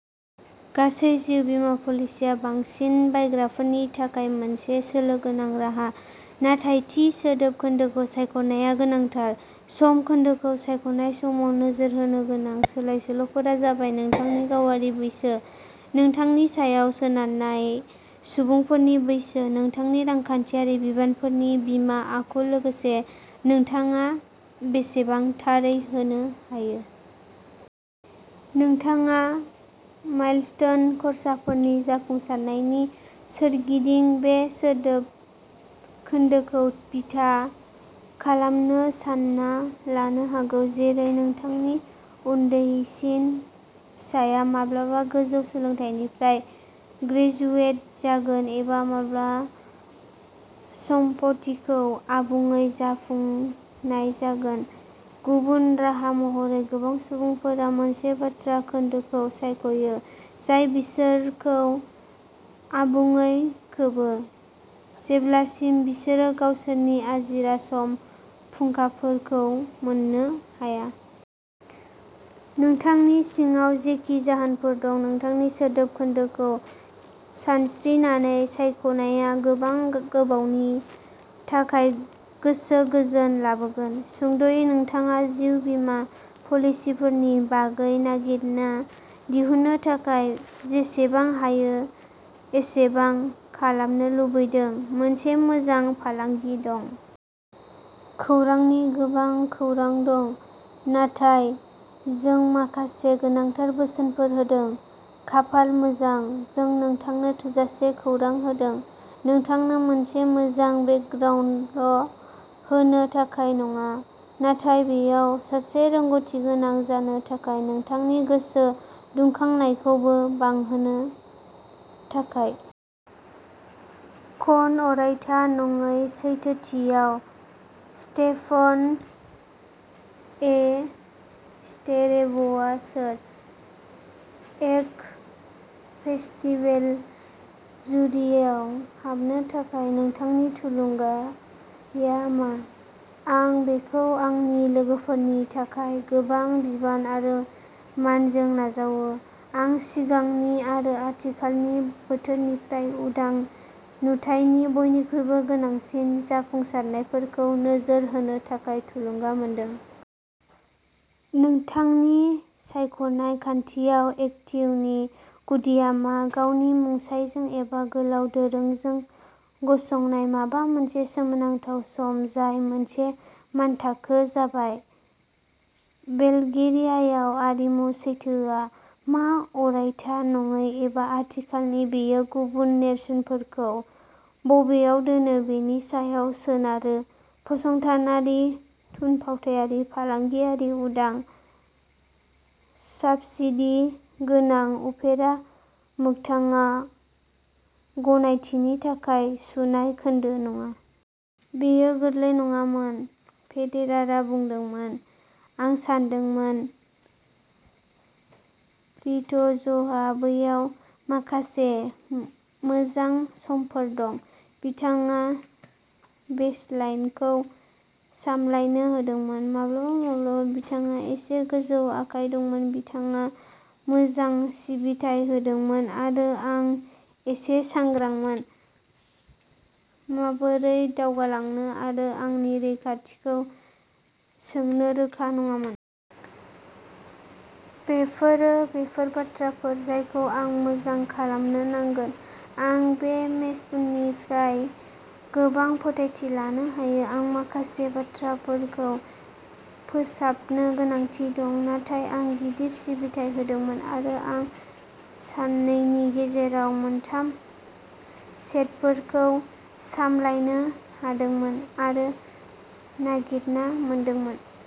गासै जिउ बीमा पलिसिया बांसिन बायग्राफोरनि थाखाय मोनसे सोलो गोनां राहा, नाथाय थि सोदोब खोन्दोखौ सायख'नाया गोनांथार। सम खोन्दोखौ सायख'नाय समाव नोजोर होनो गोनां सोलाय-सोल'फोरा जाबाय नोंथांनि गावारि बैसो, नोंथांनि सायाव सोनारनाय सुबुंफोरनि बैसो, नोंथांनि रांखान्थियारि बिबानफोरनि बिमा आखु, लोगोसे नोंथाङा बेसेबां थारै होनो हायो। नोंथाङा माइलस्टोन खर्साफोरनि जाफुंसारनायनि सोरगिदिं बे सोदोब खोन्दोखौ बिथा खालामनो सानना लानो हागौ, जेरै नोंथांनि उन्दैसिन फिसाया माब्ला गोजौ सोलोंथायनिफ्राय ग्रेजुवेट जागोन एबा माब्ला सम्फथिखौ आबुङै सुफुंनाय जागोन। गुबुन राहा महरै, गोबां सुबुंफोरा मोनसे बाथ्रा खोन्दोखौ सायख'यो जाय बिसोरखौ आबुङै खोबो जेब्लासिम बिसोरो गावसोरनि आजिरा सम फुंखाफोरखौ मोननो हाया। नोंथांनि सिङाव जेखि जाहोनफोर दं, नोंथांनि सोदोब खोन्दोखौ सानस्रिनानै सायख'नाया गोबां गोबावनि थाखाय गोसो गोजोन लाबोगोन। सुंद'यै, नोंथाङा जिउ बीमा पलिसफोरनि बागै नागिरना दिहुननो थाखाय जेसेबां हायो एसेबां खालामनो लुबैदों। मोनसे मोजां फालांगि दं। खौरांनि गोबां खौरां दं, नाथाय जों माखासे गोनांथार बोसोनफोर होदों। खाफाल मोजां, जों नोंथांनो थोजासे खौरां होदों, नोंथांनो मोनसे मोजां बेकग्राउन्डल' होनो थाखाय नङा, नाथाय बेयाव सासे रोंग'थिगोनां जानो थाखाय नोंथांनि गोसो दुंखांनायखौबो बांहोनो थाखाय। कन अरायथा नङै सैथोथियाव स्टेफान ए स्टेरेभआ सोर? एक्ट फेस्टिभेल जुरिआव हाबनो थाखाय नोंथांनि थुलुंगाआ मा? आं बेखौ आंनि लोगोफोरनि थाखाय गोबां बिबान आरो मानजों नाजावो। आं सिगांनि आरो आथिखालनि बोथोरनिफ्राय उदां नुथायनि बयनिख्रुइबो गोनांसिन जाफुंसारनायफोरखौ नोजोर होनो थाखाय थुलुंगा मोनदों। नोंथांनि सायख'नाय खान्थियाव एक्टिवनि गुदिआ मा? गावनि मुंसाइजों एबा गोलाव दोरोंजों गसंनाय माबा मोनसे सोमोनांथाव सम जाय मोनसे मानथाखो जाबाय। बुलगेरियायाव आरिमु सैथोआ मा अरायथा नङै एबा आथिखालनि बेयो गुबुन नेरसोनफोरखौ बबेयाव दोनो बेनि सायाव सोनारो फसंथानारि थुनफावथायारि फालांगियारि उदां साब्सिडी गोनां अपेरा मोगथाङा गनायथिनि थाखाय सुनाय खोन्दो नङा। बेयो गोरलै नङामोन, फेदेरारआ बुंदोंमोन। आं सानदोंमोन फ्रिट्जहा बैयाव माखासे मोजां समफोर दंमोन। बिथाङा बेसलाइनखौ सामलायनो हादोंमोन, माब्लाबा माब्लाबा बिथाङा एसे गोजौ आखाइ दंमोन। बिथाङा मोजां सिबिथाय होदोंमोन आरो आं एसे सांग्रांमोन, माबोरै दावगालांनो आरो आंनि रैखाथिखौ सोंनो रोखा नङामोन। बेफोरो बेफोर बाथ्राफोर जायखौ आं मोजां खालामनो नांगोन। आं बे मेचनिफ्राय गोबां फोथायथि लानो हायो। आं माखासे बाथ्राफोरखौ फोसाबनो गोनांथि दं, नाथाय आं गिदिर सिबिथाय होदोंमोन आरो आं साननैनि गेजेराव मोनथाम सेटफोरखौ सामलायनो हादोंमोन, आरो नागिरना मोनदोंमोन।